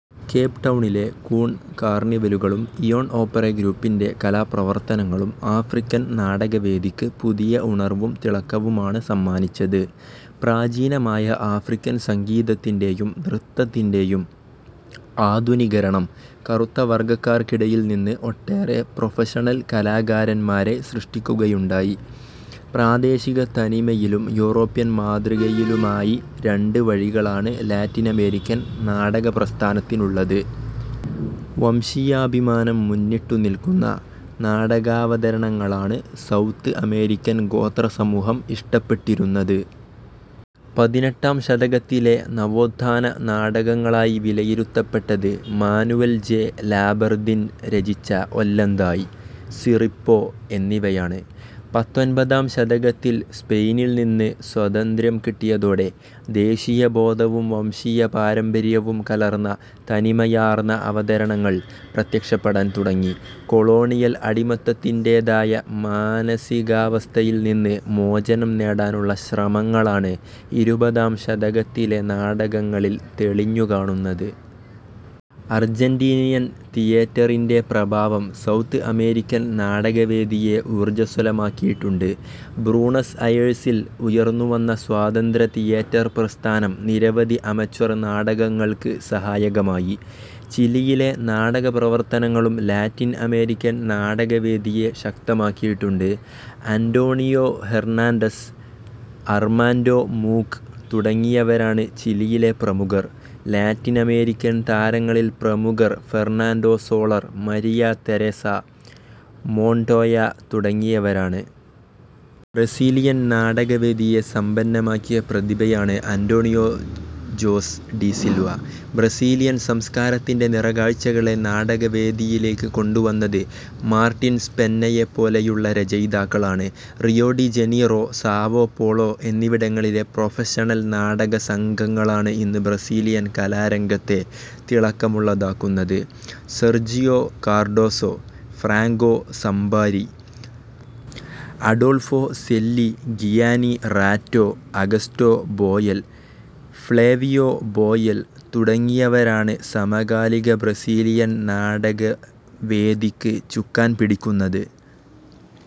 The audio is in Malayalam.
കേപ് ടൌണിലെ കൂൺ കാർണിവലുകളും ഇയോൺ ഓപ്പറെ ഗ്രൂപ്പിന്റെ കലാപ്രവർത്തനങ്ങളും ആഫ്രിക്കൻ നാടകവേദിക്ക് പുതിയ ഉണർവും തിളക്കവുമാണ് സമ്മാനിച്ചത്. പ്രാചീനമായ ആഫ്രിക്കൻ സംഗീതത്തിന്റെയും നൃത്തത്തിന്റെയും ആധുനികരണം കറുത്തവർഗക്കാർക്കിടയിൽനിന്ന് ഒട്ടേറെ പ്രൊഫഷണൽ കലാകാരന്മാരെ സൃഷ്ടിക്കുകയുണ്ടായി. പ്രാദേശികത്തനിമയിലും യൂറോപ്യൻ മാതൃകയിലുമായി രണ്ട് വഴികളാണ് ലാറ്റിനമേരിക്കൻ നാടകപ്രസ്ഥാനത്തിനുള്ളത്. വംശീയാഭിമാനം മുന്നിട്ടു നില്ക്കുന്ന നാടകാവതരണങ്ങളാണ് സൗത്ത് അമേരിക്കൻ ഗോത്രസമൂഹം ഇഷ്ടപ്പെട്ടിരുന്നത്. പതിനെട്ടാം ശതകത്തിലെ നവോത്ഥാന നാടകങ്ങളായി വിലയിരുത്തപ്പെട്ടത് മാനുവൽ ജെ. ലാബർദിൻ രചിച്ച ഒല്ലന്തായ്, സിറിപ്പോ എന്നിവയാണ്. പത്തൊൻപതാം ശതകത്തിൽ സ്പെയിനിൽ നിന്ന് സ്വാതന്ത്യ്രം കിട്ടിയതോടെ, ദേശീയബോധവും വംശീയപാരമ്പര്യവും കലർന്ന തനിമയാർന്ന അവതരണങ്ങൾ പ്രത്യക്ഷപ്പെടാൻ തുടങ്ങി. കൊളോണിയൽ അടിമത്തത്തിന്റേതായ മാനസികാവസ്ഥയിൽ നിന്ന് മോചനം നേടാനുള്ള ശ്രമങ്ങളാണ് ഇരുപതാം ശതകത്തിലെ നാടകങ്ങളിൽ തെളിഞ്ഞു കാണുന്നത്. അർജന്റീനിയൻ തിയേറ്ററിന്റെ പ്രഭാവം, സൗത്ത് അമേരിക്കൻ നാടകവേദിയെ ഊർജസ്വലമാക്കിയിട്ടുണ്ട്. ബ്രൂണസ് അയേഴ്സിൽ ഉയർന്നുവന്ന സ്വതന്ത്ര തിയേറ്റർ പ്രസ്ഥാനം നിരവധി അമച്വർ നാടകങ്ങൾക്ക് സഹായകമായി. ചിലിയിലെ നാടകപ്രവർത്തനങ്ങളും ലാറ്റിൻ-അമേരിക്കൻ നാടകവേദിയെ ശക്തമാക്കിയിട്ടുണ്ട്. ആന്റോണിയോ ഹെർനാന്റസ്, അർമാന്റോ മൂക്ക് തുടങ്ങിയവരാണ് ചിലിയിലെ പ്രമുഖർ. ലാറ്റിനമേരിക്കൻ താരങ്ങളിൽ പ്രമുഖർ Fernando Soler, Maria Teresa Montoya തുടങ്ങിയവരാണ്. ബ്രസീലിയൻ നാടകവേദിയെ സമ്പന്നമാക്കിയ പ്രതിഭയാണ് അന്റോണിയോ ജോസ് ഡിസിൽവ. ബ്രസീലിയൻ സംസ്കാരത്തിന്റെ നിറക്കാഴ്ചകളെ നാടകവേദിയിലേക്ക് കൊണ്ടുവന്നത് മാർട്ടിൻസ്പെന്നയെപ്പോലെയുള്ള രചയിതാക്കളാണ്. റിയോ-ഡി-ജനീറോ, സാവോപോളോ എന്നിവിടങ്ങളിലെ പ്രൊഫഷണൽ നാടകസംഘങ്ങളാണ് ഇന്ന് ബ്രസീലിയൻ കലാരംഗത്തെ തിളക്കമുള്ളതാക്കുന്നത്. Sergio Cardoso, Franco Zampari, Adolfo Celi, Gianni Ratto, Augusto Boal, Flavio Boal തുടങ്ങിയവരാണ് സമകാലിക ബ്രസീലിയൻ നാടകകവേദിക്ക് ചുക്കാൻ പിടിക്കുന്നത്.